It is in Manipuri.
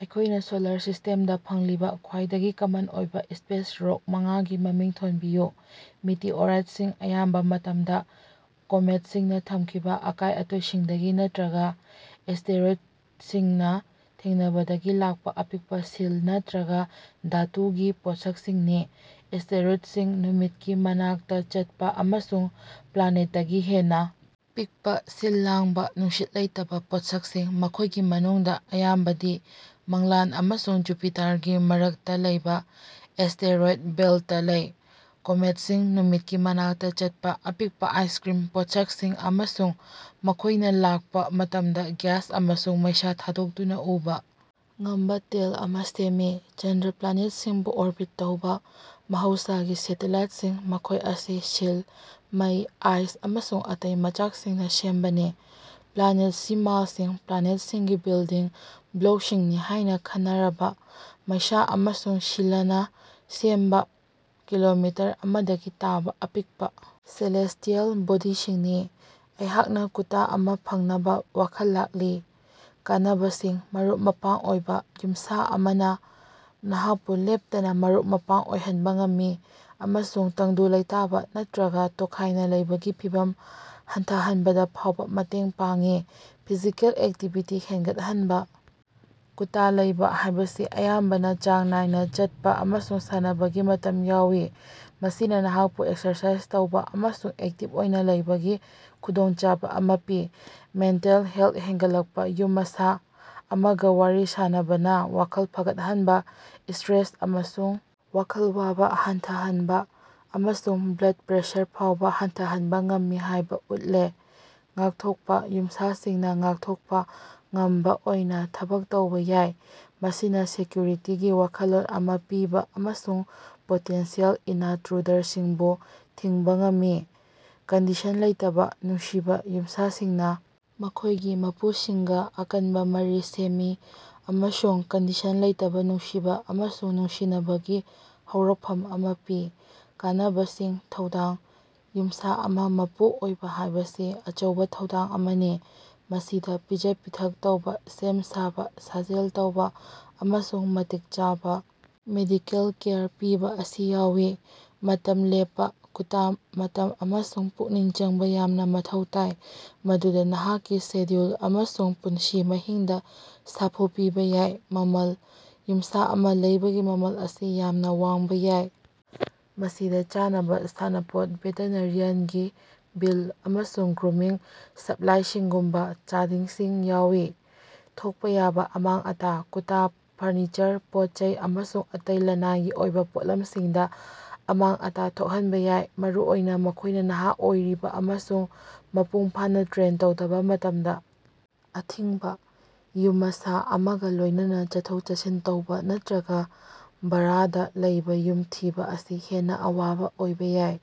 ꯑꯩꯈꯣꯏꯒꯤ ꯁꯣꯂꯥꯔ ꯁꯤꯁ꯭ꯇꯦꯝꯗ ꯐꯪꯂꯤꯕ ꯈ꯭ꯋꯥꯏꯗꯒꯤ ꯀꯃꯟ ꯑꯣꯏꯕ ꯁ꯭ꯄꯦꯁ ꯔꯣꯛ ꯃꯉꯥꯒꯤ ꯃꯃꯤꯡ ꯊꯣꯟꯕꯤꯌꯨ꯫ ꯃꯤꯇꯤꯑꯣꯔꯣꯏꯗꯁꯤꯡ ꯑꯌꯥꯝꯕ ꯃꯇꯝꯗ ꯀꯣꯃꯦꯠꯁꯤꯡꯅ ꯊꯝꯈꯤꯕ ꯑꯀꯥꯏ-ꯑꯇꯣꯏꯁꯤꯡꯗꯒꯤ ꯅꯠꯇ꯭ꯔꯒ ꯑꯦꯁ꯭ꯇꯦꯔꯣꯏꯗꯁꯤꯡꯅ ꯊꯦꯡꯅꯕꯗꯒꯤ ꯂꯥꯛꯄ ꯑꯄꯤꯛꯄ ꯁꯤꯜ ꯅꯠꯇ꯭ꯔꯒ ꯙꯥꯇꯨꯒꯤ ꯄꯣꯠꯁꯛꯁꯤꯡꯅꯤ꯫ ꯑꯦꯁ꯭ꯇꯦꯔꯣꯏꯗꯁꯤꯡ ꯅꯨꯃꯤꯠꯀꯤ ꯃꯅꯥꯛꯇꯆꯠꯄ ꯑꯃꯁꯨꯡ ꯄ꯭ꯂꯥꯅꯦꯠꯇꯒꯤ ꯍꯦꯟꯅ ꯄꯤꯛꯄ ꯁꯤꯜ ꯂꯥꯡꯕꯥ, ꯅꯨꯡꯁꯤꯠ ꯂꯩꯇꯕ ꯄꯣꯠꯁꯛꯁꯤꯡ, ꯃꯈꯣꯏꯒꯤ ꯃꯅꯨꯡꯗ ꯑꯌꯥꯝꯕꯗꯤ ꯃꯪꯂꯥꯟ ꯑꯃꯁꯨꯡ ꯖꯨꯄꯤꯇꯥꯔꯒꯤ ꯃꯔꯛꯇ ꯂꯩꯕ ꯑꯦꯁ꯭ꯇꯦꯔꯣꯏꯗ ꯕꯦꯜꯇꯇ ꯂꯩ꯫ ꯀꯣꯃꯦꯠꯁꯤꯡ ꯅꯨꯃꯤꯠꯀꯤ ꯃꯅꯥꯛꯇ ꯆꯠꯄ ꯑꯄꯤꯛꯄ ꯑꯥꯏꯁꯀ꯭ꯔꯤꯝ ꯄꯣꯠꯁꯛꯁꯤꯡ ꯑꯃꯁꯨꯡ ꯃꯈꯣꯏꯅ ꯂꯥꯛꯄ ꯃꯇꯝꯗ ꯒ꯭ꯌꯥꯁ ꯑꯃꯁꯨꯡ ꯃꯩꯁꯥ ꯊꯥꯗꯣꯛꯇꯨꯅ ꯎꯕ ꯉꯝꯕꯥ "ꯇꯦꯜ" ꯑꯃ ꯁꯦꯝꯃꯤ꯫ ꯆꯟꯗ꯭ꯔ ꯄ꯭ꯂꯥꯅꯦꯠꯁꯤꯡꯕꯨ ꯑꯣꯔꯕꯤꯠ ꯇꯧꯕ ꯃꯍꯧꯁꯥꯒꯤ ꯁꯦꯇꯦꯂꯥꯏꯠꯁꯤꯡ, ꯃꯈꯣꯏ ꯑꯁꯤ ꯁꯤꯜ, ꯃꯩ, ꯑꯥꯏꯁ ꯑꯃꯁꯨꯡ ꯑꯇꯩ ꯃꯆꯥꯛꯁꯤꯡꯅ ꯁꯦꯝꯕꯅꯤ꯫ ꯄ꯭ꯂꯥꯅꯦꯠꯁꯤꯃꯥꯜꯁꯤꯡ ꯄ꯭ꯂꯥꯅꯦꯠꯁꯤꯡꯒꯤ ꯕꯤꯜꯗꯤꯡ ꯕ꯭ꯂꯣꯛꯁꯤꯡꯅꯤ ꯍꯥꯏꯅ ꯈꯟꯅꯔꯕ ꯃꯩꯁꯥ ꯑꯃꯁꯨꯡ ꯁꯤꯂꯅ ꯁꯦꯝꯕ ꯀꯤꯂꯣꯃꯤꯇꯔ ꯑꯃꯗꯒꯤ ꯇꯥꯕꯥ ꯑꯄꯤꯛꯄꯥ ꯁꯦꯂꯦꯁ꯭ꯇꯤꯑꯦꯜ ꯕꯣꯗꯤꯁꯤꯡꯅꯤ꯫ ꯑꯩꯍꯥꯛꯅ ꯀꯨꯠꯇꯥ ꯑꯃ ꯐꯪꯅꯕ ꯋꯥꯈꯜ ꯂꯥꯛꯂꯤ꯫ ꯀꯥꯟꯅꯕꯁꯤꯡ: ꯃꯔꯨꯞ-ꯃꯄꯥꯡ ꯑꯣꯏꯕ: ꯌꯨꯝꯁꯥ ꯑꯃꯅ ꯅꯍꯥꯛꯄꯨ ꯂꯦꯞꯇꯅ ꯃꯔꯨꯞ-ꯃꯄꯥꯡ ꯑꯣꯏꯍꯟꯕ ꯉꯝꯃꯤ ꯑꯃꯁꯨꯡ ꯇꯪꯗꯨ ꯂꯩꯇꯥꯕꯥ ꯅꯠꯇ꯭ꯔꯒ ꯇꯣꯈꯥꯏꯅ ꯂꯩꯕꯒꯤ ꯐꯤꯚꯝ ꯍꯟꯊꯍꯟꯕꯗ ꯐꯥꯎꯕ ꯃꯇꯦꯡ ꯄꯥꯡꯏ꯫ ꯐꯤꯖꯤꯀꯦꯜ ꯑꯦꯛꯇꯤꯚꯤꯇꯤ ꯍꯦꯟꯒꯠꯍꯟꯕ: ꯀꯨꯠꯇꯥ ꯂꯩꯕ ꯍꯥꯏꯕꯁꯤ ꯑꯌꯥꯝꯕꯅ ꯆꯥꯡ ꯅꯥꯏꯅ ꯆꯠꯄ ꯑꯃꯁꯨꯡ ꯁꯥꯟꯅꯕꯒꯤ ꯃꯇꯝ ꯌꯥꯎꯏ꯫ ꯃꯁꯤꯅ ꯅꯍꯥꯛꯄꯨ ꯑꯦꯛꯁꯔꯁꯥꯏꯖ ꯇꯧꯕ ꯑꯃꯁꯨꯡ ꯑꯦꯛꯇꯤꯕ ꯑꯣꯏꯅ ꯂꯩꯕꯒꯤ ꯈꯨꯗꯣꯡꯆꯥꯕ ꯑꯃ ꯄꯤ꯫ ꯃꯦꯟꯇꯦꯜ ꯍꯦꯜꯊ ꯍꯦꯟꯒꯠꯂꯛꯄ: ꯌꯨꯃꯁꯥ ꯑꯃꯒ ꯋꯥꯔꯤ ꯁꯥꯅꯕꯅ ꯋꯥꯈꯜ ꯐꯒꯠꯍꯟꯕ, ꯁ꯭ꯇꯔꯦꯁ ꯑꯃꯁꯨꯡ ꯋꯥꯈꯜ ꯋꯥꯕ ꯍꯟꯊꯍꯟꯕ, ꯑꯃꯁꯨꯡ ꯕ꯭ꯂꯗ ꯄ꯭ꯔꯦꯁꯔ ꯐꯥꯎꯕ ꯍꯟꯊꯍꯟꯕ ꯉꯝꯃꯤ ꯍꯥꯏꯕ ꯎꯠꯂꯦ꯫ ꯉꯥꯛꯊꯣꯛꯄ: ꯌꯨꯝꯁꯥꯁꯤꯡꯅ ꯉꯥꯛꯊꯣꯛꯄ ꯉꯝꯕ ꯑꯣꯏꯅ ꯊꯕꯛ ꯇꯧꯕ ꯌꯥꯏ꯫ ꯃꯁꯤꯅ ꯁꯦꯀ꯭ꯌꯨꯔꯤꯇꯤꯒꯤ ꯋꯥꯈꯜꯂꯣꯟ ꯑꯃ ꯄꯤꯕ ꯑꯃꯁꯨꯡ ꯄꯣꯇꯦꯟꯁꯤꯑꯦꯜ ꯏꯅꯇ꯭ꯔꯨꯗꯔꯁꯤꯡꯕꯨ ꯊꯤꯡꯕ ꯉꯝꯃꯤ꯫ ꯀꯟꯗꯤꯁꯟ ꯂꯩꯇꯕ ꯅꯨꯡꯁꯤꯕ: ꯌꯨꯃꯁꯥꯁꯤꯡꯅ ꯃꯈꯣꯏꯒꯤ ꯃꯄꯨꯁꯤꯡꯒ ꯑꯀꯟꯕ ꯃꯔꯤ ꯁꯦꯝꯃꯤ ꯑꯃꯁꯨꯡ ꯀꯟꯗꯤꯁꯟ ꯂꯩꯇꯕ ꯅꯨꯡꯁꯤꯕ ꯑꯃꯁꯨꯡ ꯅꯨꯡꯁꯤꯅꯕꯒꯤ ꯍꯧꯔꯛꯐꯝ ꯑꯃ ꯄꯤ꯫ ꯀꯥꯟꯅꯕꯁꯤꯡ: ꯊꯧꯗꯥꯡ: ꯌꯨꯝꯁꯥ ꯑꯃ ꯃꯄꯨ ꯑꯣꯏꯕ ꯍꯥꯏꯕꯁꯤ ꯑꯆꯧꯕ ꯊꯧꯗꯥꯡ ꯑꯃꯅꯤ꯫ ꯃꯁꯤꯗ ꯄꯤꯖ-ꯄꯤꯊꯛ ꯇꯧꯕ ꯁꯦꯝ-ꯁꯥꯕ ꯁꯥꯖꯦꯜ ꯇꯧꯕ ꯑꯃꯁꯨꯡ ꯃꯇꯤꯛ ꯆꯥꯕ ꯃꯦꯗꯤꯀꯦꯜ ꯀꯦꯌꯔ ꯄꯤꯕ ꯑꯁꯤ ꯌꯥꯎꯏ꯫ ꯃꯇꯝ ꯂꯦꯞꯄ: ꯀꯨꯠꯇ ꯃꯇꯝ ꯑꯃꯁꯨꯡ ꯄꯨꯛꯅꯤꯡ ꯆꯪꯕ ꯌꯥꯝꯅ ꯃꯊꯧ ꯇꯥꯏ꯫ ꯃꯗꯨꯅ ꯅꯍꯥꯛꯀꯤ ꯁꯦꯗ꯭ꯌꯨꯜ ꯑꯃꯁꯨꯡ ꯄꯨꯟꯁꯤ ꯃꯍꯤꯡꯗ ꯁꯥꯐꯨ ꯄꯤꯕ ꯌꯥꯏ꯫ ꯃꯃꯜ: ꯌꯨꯝꯁꯥ ꯑꯃ ꯂꯩꯕꯒꯤ ꯃꯃꯜ ꯑꯁꯤ ꯌꯥꯝꯅ ꯋꯥꯡꯕ ꯌꯥꯏ꯫ ꯃꯁꯤꯗ ꯆꯥꯅꯕ, ꯁꯥꯟꯅꯄꯣꯠ, ꯚꯦꯇꯔꯤꯅꯔꯤꯌꯥꯟꯒꯤ ꯕꯤꯜ, ꯑꯃꯁꯨꯡ ꯒ꯭ꯔꯨꯃꯤꯡ ꯁꯞꯂꯥꯏꯁꯤꯡꯒꯨꯝꯕ ꯆꯥꯗꯤꯡꯁꯤꯡ ꯌꯥꯎꯏ꯫ ꯊꯣꯛꯄ ꯌꯥꯕ ꯑꯃꯥꯡ-ꯑꯇꯥ: ꯀꯨꯠꯇꯥ ꯐꯔꯅꯤꯆꯔ, ꯄꯣꯠ-ꯆꯩ ꯑꯃꯁꯨꯡ ꯑꯇꯩ ꯂꯅꯥꯏꯒꯤ ꯑꯣꯏꯕ ꯄꯣꯠꯂꯝꯁꯤꯡꯗ ꯑꯃꯥꯡ-ꯑꯇꯥ ꯊꯣꯛꯍꯟꯕ ꯌꯥꯏ꯫ ꯃꯔꯨꯑꯣꯏꯅ ꯃꯈꯣꯏꯅ ꯅꯍꯥ ꯑꯣꯏꯔꯤꯕ ꯑꯃꯁꯨꯡ ꯃꯄꯨꯡꯐꯥꯅ ꯇ꯭ꯔꯦꯟ ꯇꯧꯗꯕ ꯃꯇꯝꯗ꯫ ꯑꯊꯤꯡꯕ: ꯌꯨꯃꯁꯥ ꯑꯃꯒ ꯂꯣꯏꯅꯅ ꯆꯠꯊꯣꯛ-ꯆꯠꯁꯤꯟ ꯇꯧꯕ ꯅꯠꯇ꯭ꯔꯒ ꯚꯥꯔꯥꯗ ꯂꯩꯕ ꯌꯨꯝ ꯊꯤꯕ ꯑꯁꯤ ꯍꯦꯟꯅ ꯑꯋꯥꯕ ꯑꯣꯏꯕ ꯌꯥꯏ꯫